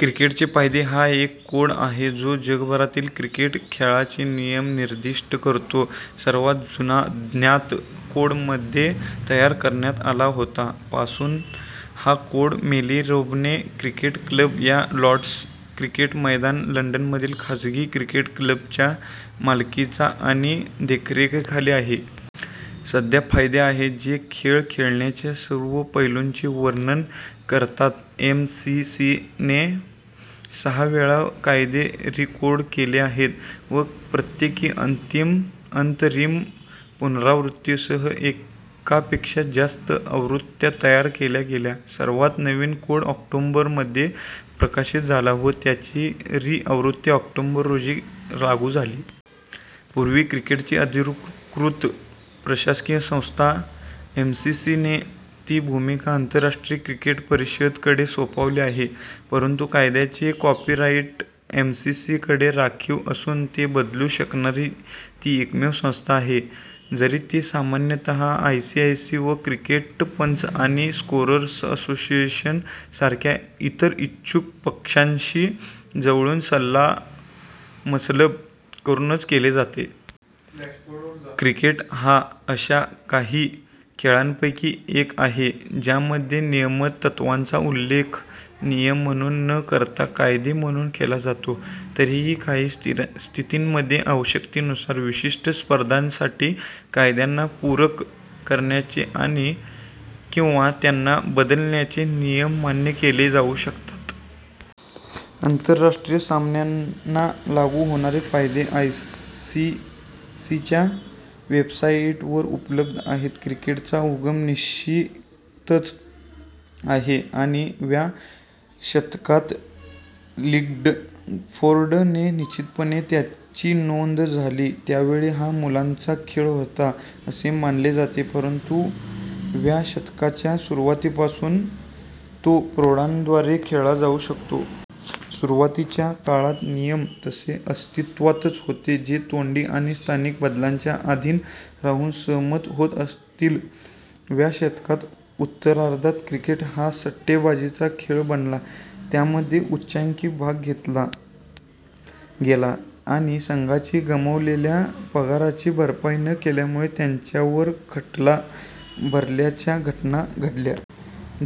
क्रिकेटचे कायदे हा एक कोड आहे जो जगभरातील क्रिकेट खेळाचे नियम निर्दिष्ट करतो. सर्वात जुना ज्ञात कोड मध्ये तयार करण्यात आला होता. पासून हा कोड मेरीलेबोन क्रिकेट क्लब या लॉर्ड्स क्रिकेट मैदान, लंडनमधील खाजगी क्रिकेट क्लबच्या मालकीचा आणि देखरेखीखाली आहे. सध्या कायदे आहेत, जे खेळ खेळण्याच्या सर्व पैलूंचे वर्णन करतात. एम सी सी ने सहा वेळा कायदे रि-कोड केले आहेत व प्रत्येक अंतरिम पुनरावृत्तीसह एकापेक्षा जास्त आवृत्त्या तयार केल्या गेल्या. सर्वात नवीन कोड ऑक्टोबर मध्ये प्रकाशित झाला व त्याची री आवृत्ती ऑक्टोबर रोजी लागू झाली. पूर्वी क्रिकेटची अधिकृत प्रशासकीय संस्था, एमसीसी ने ती भूमिका आंतरराष्ट्रीय क्रिकेट परिषद कडे सोपवली आहे. परंतु कायद्याचे कॉपीराइट एमसीसी कडे राखीव असून ते बदलू शकणारी ती एकमेव संस्था आहे, जरी ते सामान्यतः आयसीसी व क्रिकेट पंच आणि स्कोअरर्स असोसिएशन सारख्या इतर इच्छुक पक्षांशी जवळून सल्लामसलत करूनच केले जाते. क्रिकेट हा अशा काही खेळांपैकी एक आहे ज्यामध्ये नियमन तत्त्वांचा उल्लेख "नियम" म्हणून न करता "कायदे" म्हणून केला जातो. तरीही काही स्थितींमध्ये आवश्यकतेनुसार विशिष्ट स्पर्धांसाठी कायद्यांना पूरक करण्याचे आणि/किंवा त्यांना बदलण्याचे नियम मान्य केले जाऊ शकतात. आंतरराष्ट्रीय सामन्यांना लागू होणारे कायदे आयसीसीच्या वेबसाइटवर उपलब्ध आहेत. क्रिकेटचा उगम अनिश्चित आहे आणि व्या शतकात गिल्डफोर्ड येथे निश्चितपणे त्याची नोंद झाली. त्यावेळी हा मुलांचा खेळ होता असे मानले जाते परंतु व्या शतकाच्या सुरुवातीपासून तो प्रौढांद्वारे खेळला जाऊ लागला. सुरुवातीच्या काळात नियम तसे अस्तित्त्वात होते, जे तोंडी आणि स्थानिक बदलांच्या अधीन राहून सहमत होत असतील. व्या शतकाच्या उत्तरार्धात क्रिकेट हा सट्टेबाजीचा खेळ बनला, ज्यामध्ये उच्चांकी भाग घेतला गेला आणि संघांनी गमावलेल्या पगाराची भरपाई न केल्यामुळे त्यांच्यावर खटला भरल्याच्या घटना घडल्या.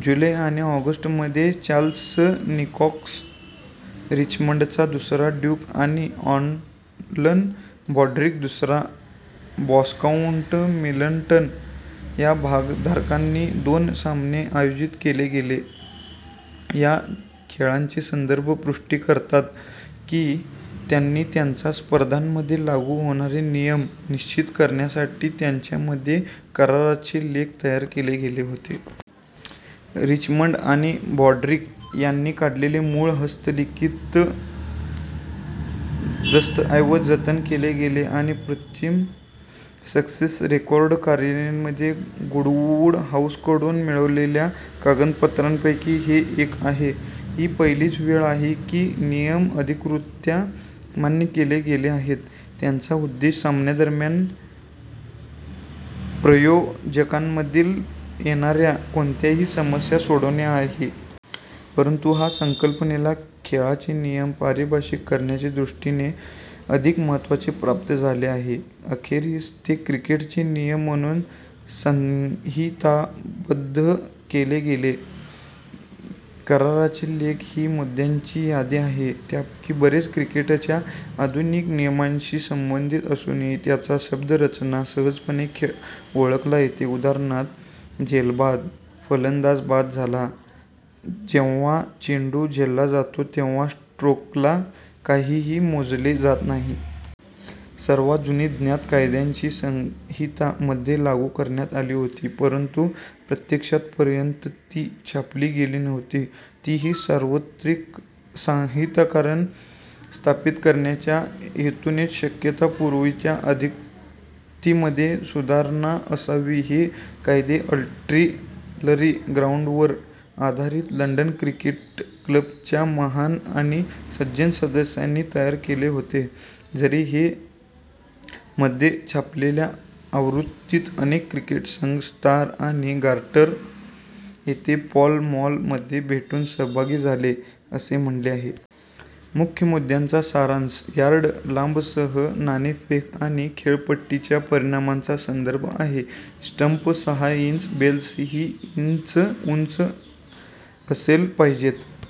जुलै आणि ऑगस्ट मध्ये, चार्ल्स लेनॉक्स, रिचमंडचा दुसरा ड्यूक आणि ॲलन ब्रॉड्रिक, दुसरा विस्काउंट मिडलटन या भागधारकांनी दोन सामने आयोजित केले होते. या खेळांचे संदर्भ पुष्टी करतात की त्यांनी त्यांच्या स्पर्धांमध्ये लागू होणारे नियम निश्चित करण्यासाठी त्यांच्यामध्ये कराराचे लेख तयार केले होते. रिचमंड आणि ब्रॉड्रिक यांनी काढलेले मूळ हस्तलिखित लेख दस्तऐवज जतन केले गेले आहेत. पश्चिम ससेक्स रेकॉर्ड कार्यालयाने मध्ये गुडवुड हाऊसकडून मिळवलेल्या कागदपत्रांपैकी हे एक आहे. ही पहिलीच वेळ आहे की नियम अधिकृतरीत्या मान्य केले गेले आहेत, त्यांचा उद्देश सामन्यांदरम्यान प्रयोजकांमधील येणाऱ्या कोणत्याही समस्या सोडवणे हा आहे. परंतु या संकल्पनेला खेळाचे नियम परिभाषित करण्याच्या दृष्टीने अधिक महत्त्व प्राप्त झाले कारण अखेरीस, ते क्रिकेटचे नियम म्हणून संहिताबद्ध केले गेले. कराराचे लेख ही मुद्यांची यादी आहे, त्यापैकी बरेच क्रिकेटच्या आधुनिक नियमांशी संबंधित असूनही त्यांची शब्दरचना सहजपणे ओळखता येते, उदाहरणार्थ: झेलबाद, फलंदाज बाद झाला; जेव्हा चेंडू झेलला जातो तेव्हा स्ट्रोकला काहीही मोजले जात नाही. सर्वात जुनी ज्ञात कायद्याची संहिता मध्ये लागू करण्यात आली होती, परंतु प्रत्यक्षात पर्यंत ती छापली गेली नव्हती. तीही सार्वत्रिक संहिताकरण स्थापित करण्याच्या हेतूने शक्यतो पूर्वीच्या आवृत्तीमध्ये सुधारणा असावी. हे कायदे आर्टिलरी ग्राउंडवर आधारित लंडन क्रिकेट क्लबच्या "महान आणि सज्जन सदस्यांनी" तयार केले होते, जरी मध्ये छापलेल्या आवृत्तीत "अनेक क्रिकेट संघ" स्टार आणि गार्टर येथे पॉल मॉल मध्ये भेटून सहभागी झाले, असे म्हणले आहे. मुख्य मुद्द्यांचा सारांश: यार्ड लांबीसह नाणेफेक आणि खेळपट्टीच्या परिमाणांचा संदर्भ आहे; स्टंप सहा इंच बेलसह इंच उंच असले पाहिजेत;।